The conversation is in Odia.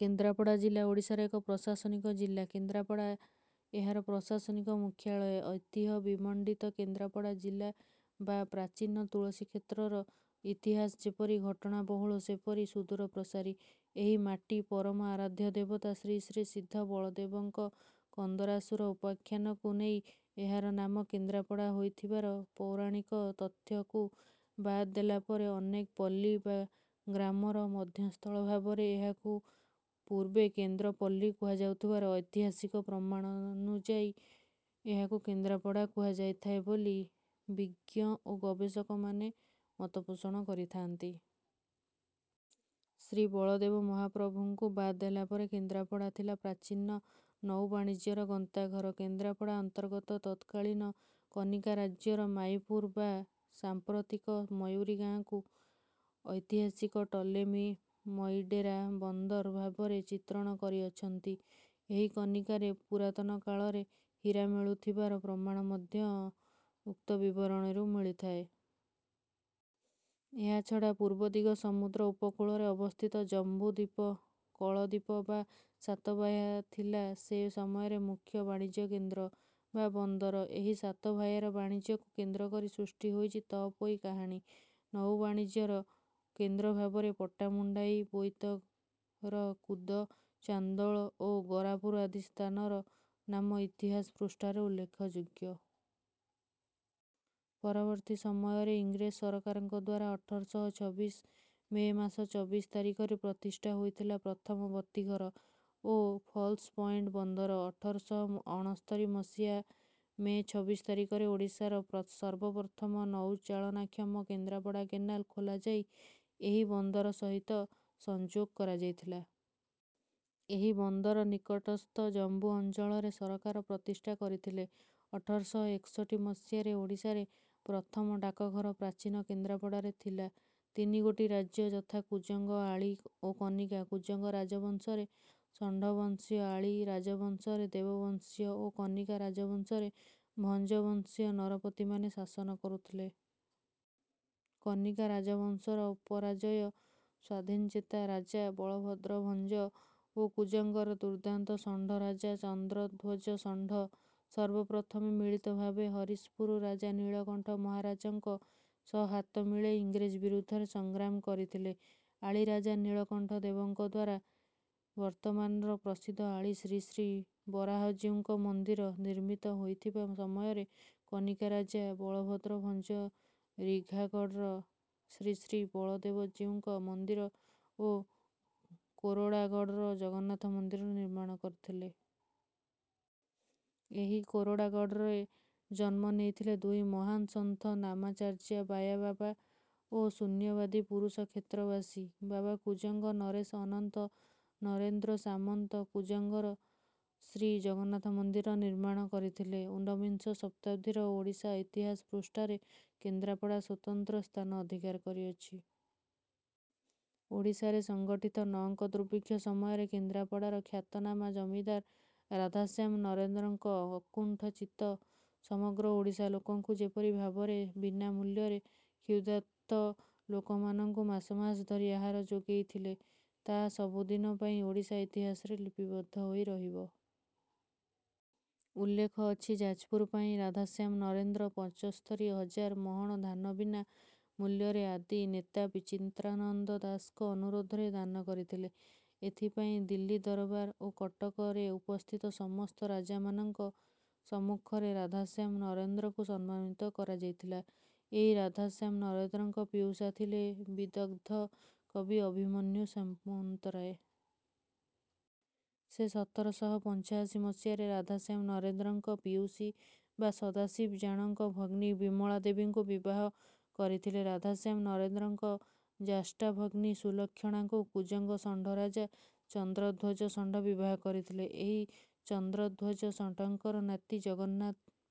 କେନ୍ଦ୍ରାପଡ଼ା ଜିଲ୍ଲା ଓଡ଼ିଶାର ଏକ ପ୍ରଶାସନିକ ଜିଲ୍ଲା। କେନ୍ଦ୍ରାପଡ଼ା ଏହାର ପ୍ରଶାସନିକ ମୁଖ୍ୟାଳୟ। ଐତିହ୍ୟ ବିମଣ୍ଡିତ କେନ୍ଦ୍ରାପଡ଼ା ଜିଲ୍ଲା ବା ପ୍ରାଚୀନ ତୁଳସୀକ୍ଷେତ୍ରର ଇତିହାସ ଯେପରି ଘଟଣାବହୁଳ ସେହିପରି ସୁଦୂରପ୍ରସାରୀ। ଏହି ମାଟିର ପରମ ଆରାଧ୍ୟ ଦେବତା ଶ୍ରୀ ଶ୍ରୀ ସିଦ୍ଧ ବଳଦେବଙ୍କ କନ୍ଦରାସୁର ଉପାଖ୍ୟାନଙ୍କୁ ନେଇ ଏହାର ନାମ କେନ୍ଦ୍ରାପଡ଼ା ହୋଇଥିବାର ପୌରାଣିକ ତଥ୍ୟକୁ ବାଦ ଦେଲାପରେ ଅନେକ ପଲ୍ଲୀ ବା ଗ୍ରାମର ମଧ୍ୟସ୍ଥଳ ଭାବରେ ଏହାକୁ ପୂର୍ବେ କେନ୍ଦ୍ରପଲ୍ଲୀ କୁହାଯାଉଥିବାର ଐତିହାସିକ ପ୍ରମାଣନୁଯାୟୀ ଏହାକୁ କେନ୍ଦ୍ରାପଡ଼ା କୁହାଯାଇଥାଏ ବୋଲି ବିଜ୍ଞ ଓ ଗବେଷକ ମାନେ ମତ ପୋଷଣ କରିଥାଆନ୍ତି। ଶ୍ରୀ ବଳଦେବ ମହାପ୍ରଭୁଙ୍କୁ ବାଦ ଦେଲାପରେ କେନ୍ଦ୍ରାପଡ଼ା ଥିଲା ପ୍ରାଚୀନ ନୌବାଣିଜ୍ୟର ଗନ୍ତାଘର। କେନ୍ଦ୍ରାପଡ଼ା ଅନ୍ତର୍ଗତ ତତ୍କାଳୀନ କନିକା ରାଜ୍ୟର ମାଈପୁର ବା ସାଂପ୍ରତିକ ମୟୁରୀ ଗାଁକୁ ଐତିହାସିକ ଟଲେମୀ ମୟୀଡ଼େରା ବନ୍ଦର ଭାବରେ ଚିତ୍ରଣ କରି ଅଛନ୍ତି। ଏହି କନିକାରେ ପୁରାତନକାଳରେ ହୀରା ମିଳୁଥିବାର ପ୍ରମାଣ ମଧ୍ୟ ଉକ୍ତ ବିବରଣୀରୁ ମିଳିଥାଏ। ଏହାଛଡା ପୂର୍ବଦିଗ ସମୁଦ୍ର ଉପକୂଳରେ ଅବସ୍ଥିତ ଜମ୍ବୁ ଦୀପ କଳଦୀପ ବା ସାତଭାୟା ଥିଲା ସେ ସମୟର ମୁଖ୍ୟ ବାଣିଜ୍ୟକେନ୍ଦ୍ର ବା ବନ୍ଦର। ଏହି ସାତଭାୟାର ବାଣିଜ୍ୟକୁ କେନ୍ଦ୍ର କରି ସୃଷ୍ଟି ହୋଇଛି ତଅପୋଇ କାହାଣୀ। ନୌବାଣିଜ୍ୟର କେନ୍ଦ୍ର ଭାବରେ ପଟ୍ଟାମୁଣ୍ଡାଇ ବୋଇତରକୁଦ ଚାନ୍ଦୋଳ ଓ ଗରାପୁର ଆଦି ସ୍ଥାନର ନାମ ଇତିହାସ ପୃଷ୍ଠାରେ ଉଲ୍ଲେଖଯୋଗ୍ୟ। ପରବର୍ତୀ ସମୟରେ ଇଂରେଜ ସରକାରଦ୍ୱାରା ଅଠର ଶହ ଛବିଶ ମେ ମାସ ଚବିଶ ତାରିଖରେ ପ୍ରତିଷ୍ଠା ହୋଇଥିଲା ପ୍ରଥମ ବତୀଘର ଓ ଫଲ୍ସ ପଏଣ୍ଟ ବନ୍ଦର। ଅଠର ଶହ ଅଣସ୍ତରି ମସିହା ମେ ଛବିଶ ତାରିଖରେ ଓଡ଼ିଶାର ସର୍ବପ୍ରଥମ ନୌଚାଳନାକ୍ଷମ କେନ୍ଦ୍ରାପଡ଼ା କେନାଲ ଖୋଲାଯାଇ ଏହି ବନ୍ଦର ସହିତ ସଂଯୋଗ କରଯାଇଥିଲା। ଏହି ବନ୍ଦର ନିକଟସ୍ଥ ଜମ୍ବୁ ଅଞ୍ଚଳରେ ସରକାର ପ୍ରତିଷ୍ଠା କରିଥିଲେ ଅଠର ଶହ ଏକଷଠି ମସିହାରେ ଓଡ଼ିଶାରେ ପ୍ରଥମ ଡାକଘର। ପ୍ରାଚୀନ କେନ୍ଦ୍ରପଡ଼ାରେ ଥିଲା ତିନିଗୋଟି ରାଜ୍ୟ ଯଥା କୁଜଙ୍ଗ ଆଳି ଓ କନିକା। କୁଜଙ୍ଗ ରାଜବଂଶରେ ଷଣ୍ଢବଂଶୀୟଆଳି ରାଜବଂଶରେ ଦେବବଂଶୀୟ ଓ କନିକା ରାଜବଂଶରେ ଭଞ୍ଜ ବଂଶୀୟ ନରପତିମାନେ ଶାସନ କରୁଥିଲେ। କନିକା ରାଜବଂଶର ଅପରାଜୟ ସ୍ୱାଧୀନଚେତା ରାଜା ବଳଭଦ୍ରଭଞ୍ଜ ଓ କୁଜଙ୍ଗର ଦୁର୍ଦାନ୍ତ ଷଣ୍ଢ ରାଜା ଚନ୍ଦ୍ରଧ୍ୱଜଷଣ୍ଢ ସର୍ବପ୍ରଥମେ ମିଳିତ ଭାବେ ହରିଶପୁର ରାଜା ନୀଳକଣ୍ଠ ମଙ୍ଗରାଜଙ୍କ ସହ ହାତ ମିଳେଇ ଇଂରେଜ ବିରୁଦ୍ଧରେ ସଂଗ୍ରାମ କରିଥିଲେ। ଆଳି ରାଜା ନୀଳକଣ୍ଠ ଦେବଙ୍କଦ୍ୱାରା ବର୍ତମାନର ପ୍ରସିଦ୍ଧ ଆଳି ଶ୍ରୀ ଶ୍ରୀ ବରାହଜିଉଙ୍କ ମନ୍ଦିର ନିର୍ମିତ ହୋଇଥିବା ସମୟରେ କନିକା ରାଜା ବଳଭଦ୍ରଭଞ୍ଜ ରିଘାଗଡର ଶ୍ରୀ ଶ୍ରୀ ବଳଦେବଜୀଉଙ୍କ ମନ୍ଦିର ଓ କେରଡାଗଡର ଜଗନ୍ନାଥ ମନ୍ଦିର ନିର୍ମାଣ କରିଥିଲେ। ଏହି କେରଡାଗଡରେ ଜନ୍ମ ନେଇଥିଲେ ଦୁଇ ମହାନ ସନ୍ଥ ନାମାଚାର୍ଯା ବାୟାବାବା ଓ ଶୂନ୍ୟବାଦୀ ପୁରୁଷ କ୍ଷେତ୍ରବାସୀ ବାବା କୁଜଙ୍ଗ ନରେଶ ଅନନ୍ତ ନରେନ୍ଦ୍ର ସାମନ୍ତ କୁଜଙ୍ଗର ଶ୍ରୀ ଜଗନ୍ନାଥ ମନ୍ଦିର ନିର୍ମାଣ କରିଥିଲେ। ଉନ୍ନବିଂଶ ଶତାବ୍ଦୀର ଓଡ଼ିଶା ଇତିହାସ ପୃଷ୍ଠାରେ କେନ୍ଦ୍ରାପଡ଼ା ସ୍ୱତନ୍ତ୍ର ସ୍ଥାନ ଅଧିକାର କରିଅଛି। ଓଡ଼ିଶାରେ ସଂଗଠିତ ନଅଙ୍କ ଦୁର୍ଭିକ୍ଷ ସମୟରେ କେନ୍ଦ୍ରାପଡ଼ାର ଖ୍ୟାତନାମା ଜମିଦାର ରାଧାଶ୍ୟାମ ନରେନ୍ଦ୍ରଙ୍କ ଅକୁଣ୍ଠ ଚିତ୍ତ ସମଗ୍ର ଓଡ଼ିଶା ଲୋକଙ୍କୁ ଯେପରି ଭାବରେ ବୀନା ମୂଲ୍ୟରେ କ୍ଷ୍ଯୁଦାର୍ତ ଲୋକମାନଙ୍କୁ ମାସ ମାସ ଧରି ଆହାର ଯୋଗେଇ ଥିଲେ ତାହା ସବୁଦିନ ପାଇଁ ଓଡ଼ିଶା ଇତିହାସରେ ଲିପିବଦ୍ଧ ହୋଇ ରହିବ। ଉଲ୍ଲେଖ ଅଛି ଯାଜପୁର ପାଇଁ ରାଧାଶ୍ୟାମ ନରେନ୍ଦ୍ର ପଞ୍ଚସ୍ତରୀ ହଜାର ମହଣ ଧାନ ବୀନା ମୂଲ୍ୟରେ ଆଦି ନେତା ବିଚିତ୍ରାନନ୍ଦ ଦାସଙ୍କ ଅନୁରୋଧରେ ଦାନ କରିଥିଲେ। ଏଥିପାଇଁ ଦିଲ୍ଲୀ ଦରବାର ଓ କଟକରେ ଉପସ୍ଥିତ ସମସ୍ତ ରାଜାମାନଙ୍କ ସମ୍ମୁଖରେ ରାଧାଶ୍ୟାମ ନରେନ୍ଦ୍ରଙ୍କୁ ସମ୍ମାନିତ କରଯାଇଥିଲା। ଏହି ରାଧାଶ୍ୟାମ ନରେନ୍ଦ୍ରଙ୍କ ପିଉସା ଥିଲେ ବିଦଗ୍ଧ କବି ଅଭିମନ୍ୟୁ ସାମନ୍ତରାୟ। ସେ ସତର ଶହ ପଞ୍ଚାଶି ମସିହାରେ ରାଧାଶ୍ୟାମ ନରେନ୍ଦ୍ରଙ୍କ ପିଉସୀ ବା ସଦାଶିବ ଜାଣ ଙ୍କ ଭଗ୍ନୀ ବିମଳା ଦେବୀଙ୍କୁ ବିବାହ କରିଥିଲେ। ରାଧାଶ୍ୟାମ ନରେନ୍ଦ୍ରଙ୍କ ଜ୍ୟଷ୍ଠା ଭଗ୍ନୀ ସୁଲକ୍ଷଣାଙ୍କୁ କୁଜଙ୍ଗ ଷଣ୍ଢ ରାଜା ଚନ୍ଦ୍ରଧ୍ୱଜ ଷଣ୍ଢ ବିବାହ କରିଥିଲେ। ଏହି ଚନ୍ଦ୍ରଧ୍ୱଜ ଷଣ୍ଢଙ୍କର ନାତି ଜଗନ୍ନାଥ